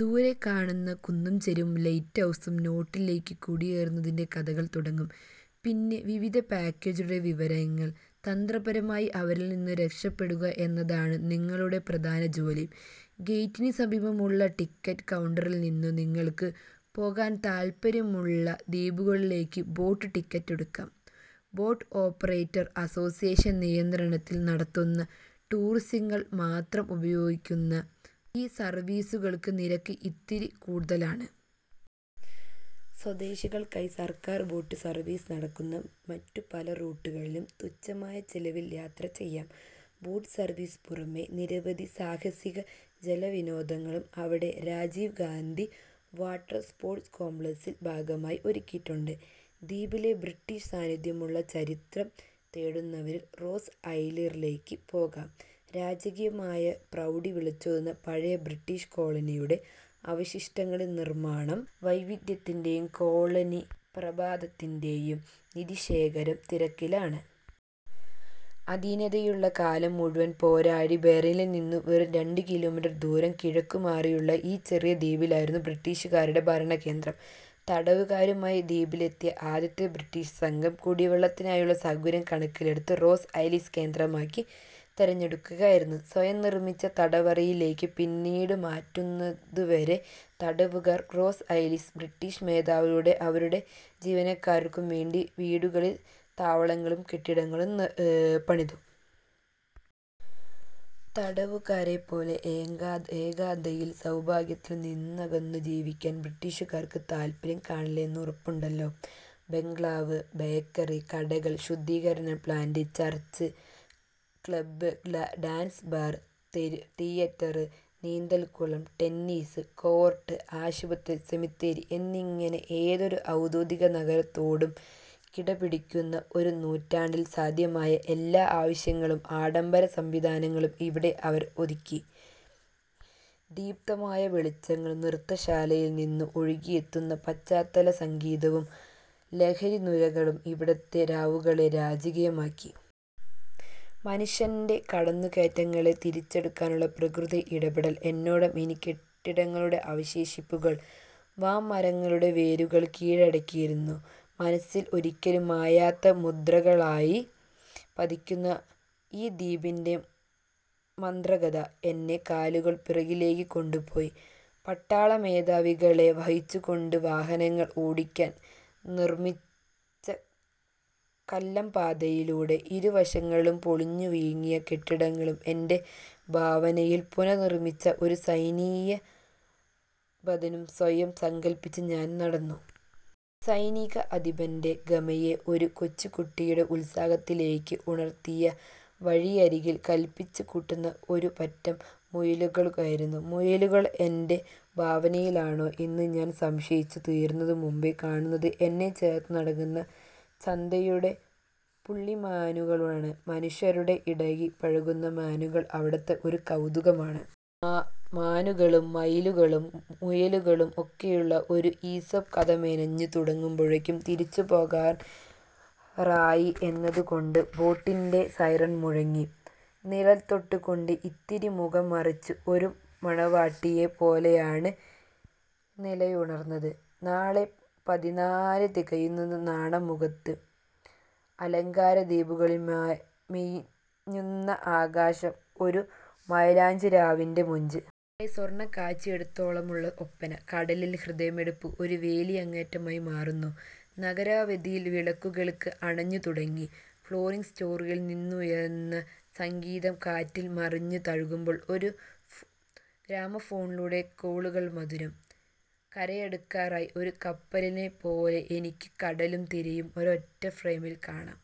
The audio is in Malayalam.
ദൂരെ കാണുന്ന കുന്നിന്ചെരിവും ലൈറ്റ് ഹൗസും നോട്ടിലേക്ക് കുടിയേറിയതിന്റെ കഥകള് തുടങ്ങും. പിന്നെ വിവിധ പാക്കേജുകളുടെ വിവരണങ്ങള്. തന്ത്രപൂര്വം ഇവരില്നിന്ന് രക്ഷപ്പെടുക എന്നതാണ് നിങ്ങളുടെ പ്രധാന ജോലി. ഗേറ്റിനു സമീപത്തുള്ള ടിക്കറ്റ് കൗണ്ടറില്നിന്നും നിങ്ങള്ക്ക് പോകാന് താത്പര്യമുള്ള ദ്വീപുകളിലേക്ക് ബോട്ട് ടിക്കറ്റ് എടുക്കാം. ബോട്ട് ഓപ്പറേറ്റേഴ്സ് അസോസിയേഷന് നിയന്ത്രണത്തില് നടത്തപ്പെടുന്ന, ടൂറിസ്റ്റുകള് മാത്രം ഉപയോഗിക്കുന്ന ഈ സര്വീസുകള്ക്ക് നിരക്ക് ഇത്തിരി കൂടുതലാണ്. സ്വദേശികള്ക്കായി സര്ക്കാര് ബോട്ട് സര്വീസ് നടത്തുന്ന മറ്റു പല റൂട്ടുകളിലും തുച്ഛമായ ചെലവില് യാത്ര ചെയ്യാം. ബോട്ട് സര്വീസുകള്ക്ക് പുറമേ നിരവധി സാഹസിക ജലവിനോദങ്ങളും ഇവിടെയുള്ള രാജീവ് ഗാന്ധി വാട്ടര്സ്പോര്ട്സ് കോംപ്ലക്സിന്റെ ഭാഗമായി ഒരുക്കിയിട്ടുണ്ട്. ദ്വീപിലെ ബ്രിട്ടീഷ് സാന്നിധ്യത്തിന്റെ ചരിത്രം തേടുന്നവര്ക്ക് റോസ് ഐലന്ഡിലേക്ക് പോകാം; രാജകീയതയുടെ പ്രൗഢി വിളിച്ചോതുന്ന പഴയ ബ്രിട്ടീഷ് കോളനിയുടെ അവശിഷ്ടങ്ങളില് നിര്മാണ വൈദഗ്ധ്യത്തിന്റെയും കോളനി പ്രതാപത്തിന്റെയും നിധിശേഖരം തിരയാന്. അധീനതയിലുള്ള കാലം മുഴുവന്, പോര്ട്ട് ബ്ലെയറില്നിന്നും വെറും രണ്ടു കിലോമീറ്റര് ദൂരം കിഴക്കുമാറിയുള്ള ഈ ചെറിയ ദ്വീപായിരുന്നു ബ്രിട്ടീഷുകാരുടെ ഭരണകേന്ദ്രം. തടവുകാരുമായി ദ്വീപിലെത്തിയ ആദ്യത്തെ ബ്രിട്ടീഷ് സംഘം കുടിവെള്ളത്തിനുള്ള സൗകര്യം കണക്കിലെടുത്ത് റോസ് ഐലന്ഡ് കേന്ദ്രമായി തിരഞ്ഞെടുക്കുകയായിരുന്നു. സ്വയം നിര്മിച്ച തടവറകളിലേക്ക് പിന്നീട് മാറ്റപ്പെടുന്നതുവരെ തടവുകാര് റോസ് ഐലന്ഡില് ബ്രിട്ടീഷ് മേധാവികള്ക്കും അവരുടെ ജീവനക്കാര്ക്കും വേണ്ടി വീടുകളും താവളങ്ങളും കെട്ടിടങ്ങളും പണിതു. തടവുകാരെപോലെ ഏകാന്തതയില് സൗഭാഗ്യങ്ങളില് നിന്നകന്നു ജീവിക്കാന് ബ്രിട്ടീഷുകാര്ക്ക് താത്പര്യം കാണില്ല എന്ന് ഉറപ്പാണല്ലോ. ബംഗ്ലാവുകള്, ബേക്കറി, കടകള്, ജലശുദ്ധീകരണ plant, church, club, dance bar, theatre, നീന്തല്കുളം, ടെന്നീസ് കോര്ട്ട്, ആശുപത്രി, സെമിത്തേരി അങ്ങനെ മറ്റേതൊരു ആധുനികനഗരത്തോടും കിടപിടിക്കുന്ന, ആ നൂറ്റാണ്ടില് സാധ്യമായ, എല്ലാ അവശ്യ ആഡംബര സംവിധാനങ്ങളും ഇവിടെ അവര് ഒരുക്കി. ദീപ്തമായ വെളിച്ചങ്ങളും നൃത്തശാലയില് നിന്നും ഒഴുകിയെത്തുന്ന പാശ്ചാത്യസംഗീതവും ലഹരിനുരകളും ഇവിടുത്തെ രാവുകളെ രാജകീയമാക്കി. മനുഷ്യന്റെ കടന്നുകയറ്റങ്ങളെ തിരിച്ചെടുക്കാനുള്ള പ്രകൃതിയുടെ ഇടപെടല് എന്നോണം ഇന്നീ കെട്ടിടങ്ങളുടെ അവശേഷിപ്പുകളെ വന്മരങ്ങളുടെ വേരുകള് കീഴടക്കിയിരിക്കുന്നു. മനസ്സില് ഒരിക്കലും മായാത്ത മുദ്രകള് പതിപ്പിക്കുന്ന ഈ ദ്വീപിന്റെ മാന്ത്രികത എന്നെ കാലങ്ങള് പുറകിലേക്ക് കൊണ്ടുപോയി. പട്ടാളമേധാവികളെ വഹിച്ചുകൊണ്ട് വാഹനങ്ങള് ഓടിക്കാന് നിര്മിച്ച കല്പാതയിലൂടെ, ഇരുവശത്തും പൊളിഞ്ഞുവീഴാറായ കെട്ടിടങ്ങളെ എന്റെ ഭാവനയാല് പുനര്നിര്മിച്ച് ഒരു സൈന്യാധിപനെന്നു സ്വയം സങ്കല്പ്പിച്ച് ഞാന് നടന്നു. സൈന്യാധിപന്റെ ഗമയെ ഒരു കൊച്ചുകുട്ടിയുടെ ഉത്സാഹത്തിലേക്ക് ഉണര്ത്തിയത് വഴിയരികില് കലപില കൂട്ടുന്ന ഒരുപറ്റം മയിലുകള് ആയിരുന്നു. മയിലുകള് എന്റെ ഭാവനയിലാണോ എന്ന് ഞാന് സംശയിച്ചു തീരുന്നതിനു മുന്പേ കാണുന്നത് എന്നെ ചേര്ന്ന് നടക്കുന്ന ചന്തമുള്ള പുള്ളിമാനുകള്. മനുഷ്യരോട് ഇണങ്ങി ഇടപഴകുന്ന മാനുകള് ഇവിടുത്തെ ഒരു കൗതുകമാണ്. മാനുകളും മയിലുകളും മുയലുകളും ഒക്കെയായി ഒരു ഈസോപ്പ് കഥ മെനഞ്ഞു തുടങ്ങുമ്പോഴേക്കും തിരിച്ചുപോകാറായി എന്നറിയിച്ചുകൊണ്ട് ബോട്ടിന്റെ സൈറണ് മുഴങ്ങി. നിഴല്തട്ടംകൊണ്ട് ഇത്തിരി മുഖം മറച്ച് ഒരു മണവാട്ടിയെ പോലെയാണ് നിലാവുണര്ന്നത്. നാളെ പതിന്നാല് തികയുന്നതിന്റെ നാണം മുഖത്ത്. അലങ്കാരദീപങ്ങള് മിന്നുന്ന ആകാശത്തിന് ഒരു മൈലാഞ്ചിരാവിന്റെ മൊഞ്ച്. താഴെ സ്വര്ണക്കാച്ചിയുടുത്ത ഓളങ്ങളുടെ ഒപ്പന. കടലിന്റെ ഹൃദയമിടിപ്പ് ഒരു വേലിയേറ്റമായി മാറുന്നു. നഗരവീഥികളില് വിളക്കുകള് അണഞ്ഞു തുടങ്ങി. ഫ്ലോട്ടിങ് റെസ്റ്റോറന്റില് നിന്നുയരുന്ന സംഗീതം കാറ്റില് മുറിഞ്ഞ് തഴുകുമ്പോള് ഒരു ഗ്രാമഫോണിലൂടെ കേള്ക്കുന്ന മാധുര്യം. കരയടുക്കാറായ ഒരു കപ്പലില്നിന്നെന്നപോലെ എനിക്ക് കടലും തീരവും ഒരൊറ്റ ഫ്രെയിമില് കാണാം.